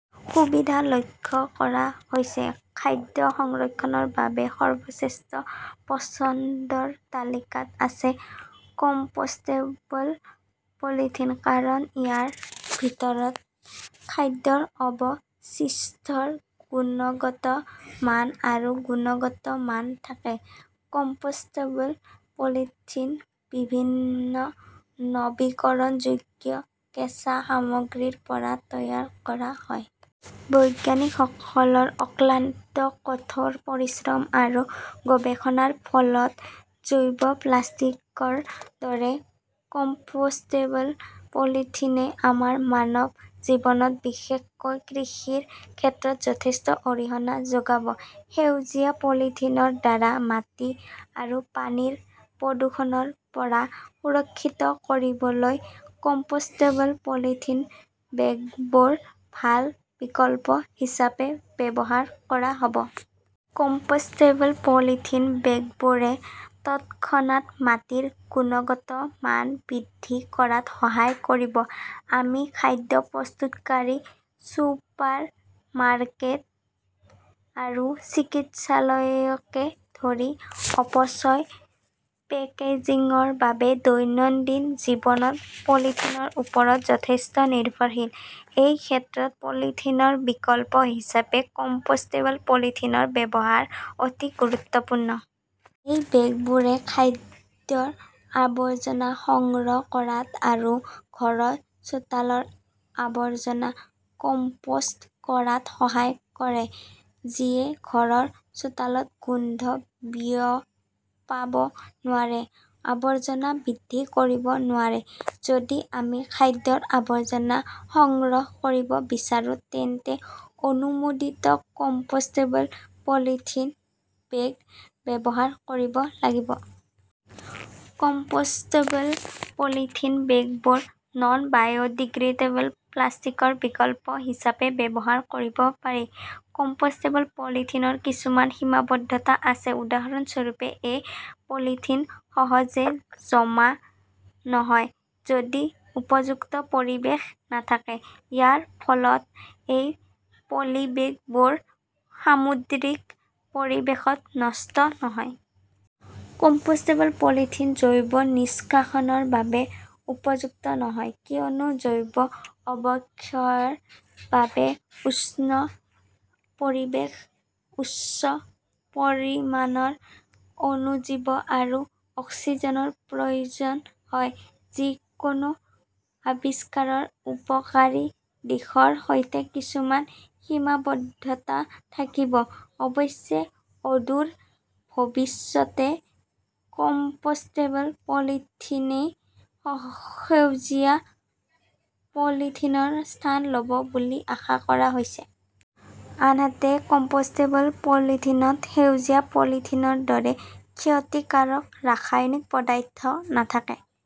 সুবিধা লক্ষ্য কৰা হৈছে। খাদ্য সংৰক্ষণৰ বাবে সৰ্বশ্ৰেষ্ঠ পছন্দৰ তালিকাত আছে কম্পোষ্টেবল পলিথিন। কাৰণ, ইয়াৰ ভিতৰত খাদ্যৰ অৱশিষ্টৰ গুণগত মান আৰু গুণগত মান থাকে। কম্পোষ্টেবল পলিথিন বিভিন্ন নৱীকৰণযোগ্য কেঁচা সামগ্ৰীৰ পৰা তৈয়াৰ কৰা হয়। বিজ্ঞানীসকলৰ অক্লান্ত কঠোৰ পৰিশ্ৰম আৰু গৱেষণাৰ ফলত জৈৱ প্লাষ্টিকৰ দৰে কম্পোষ্টেবল পলিথিনে আমাৰ মানৱ জীৱনত, বিশেষকৈ কৃষিৰ ক্ষেত্ৰত যথেষ্ট অৰিহণা যোগাব। সেউজীয়া পলিথিনৰ দ্বাৰা মাটি আৰু পানীৰ প্ৰদূষণৰ পৰা সুৰক্ষিত কৰিবলৈ কম্পোষ্টেবল পলিথিন বেগবোৰ ভাল বিকল্প হিচাপে ব্যৱহাৰ কৰা হ 'ব। কম্পোষ্টেবল পলিথিন বেগবোৰে তৎক্ষণাত মাটিৰ গুণগত মান বৃদ্ধি কৰাত সহায় কৰিব। আমি খাদ্য প্ৰস্তুতকাৰী, ছুপাৰ মাৰ্কেট আৰু চিকিৎসালয়কে ধৰি অপচয় পেকেজিংৰ বাবে দৈনন্দিন জীৱনত পলিথিনৰ ওপৰত যথেষ্ট নিৰ্ভৰশীল। এই ক্ষেত্ৰত পলিথিনৰ বিকল্প হিচাপে কম্পোষ্টেবল পলিথিনৰ ব্যৱহাৰ অতি গুৰুত্বপূৰ্ণ। এই বেগবোৰে খাদ্যৰ আৱৰ্জনা সংগ্ৰহ কৰাত আৰু ঘৰৰ চোতালৰ আৱৰ্জনা কম্পোষ্ট কৰাত সহায় কৰে, যিয়ে ঘৰৰ চোতালত গোন্ধ বিয়পাব নোৱাৰে, আৱৰ্জনা বৃদ্ধি কৰিব নোৱাৰে। যদি আমি খাদ্যৰ আৱৰ্জনা সংগ্ৰহ কৰিব বিচাৰো, তেন্তে অনুমোদিত কম্পোষ্টেবল পলিথিন বেগ ব্যৱহাৰ কৰিব লাগিব। কম্পোষ্টেবল পলিথিন বেগবোৰ নন-বায়োডিগ্ৰেডেবল প্লাষ্টিকৰ বিকল্প হিচাপে ব্যৱহাৰ কৰিব পাৰি। কম্পোষ্টেবল পলিথিনৰ কিছুমান সীমাবদ্ধতা আছে উদাহৰণস্বৰূপে এ পলিথিন সহজে জমা নহয়, যদি উপযুক্ত পৰিৱেশ নাথাকে। ইয়াৰ ফলত এই পলিবেগবোৰ সামুদ্ৰিক পৰিৱেশত নষ্ট নহয়। কম্পোষ্টেবল পলিথিন জৈৱ নিষ্কাশনৰ বাবে উপযুক্ত নহয়, কিয়নো জৈৱ অৱক্ষয়ৰ বাবে উষ্ণ পৰিৱেশ, উচ্চ পৰিমাণৰ অণুজীৱ আৰু অক্সিজেনৰ প্ৰয়োজন হয়। যিকোনো আৱিষ্কাৰৰ উপকাৰী দিশৰ সৈতে কিছুমান সীমাবদ্ধতা থাকিব। অৱশ্যে, অদূৰ ভৱিষ্যতে কম্পোষ্টেবল পলিথিনই সেউজীয়া পলিথিনৰ স্থান ল 'ব বুলি আশা কৰা হৈছে। আনহাতে, কম্পোষ্টেবল পলিথিনত সেউজীয়া পলিথিনৰ দৰে ক্ষতিকাৰক ৰাসায়নিক পদাৰ্থ নাথাকে।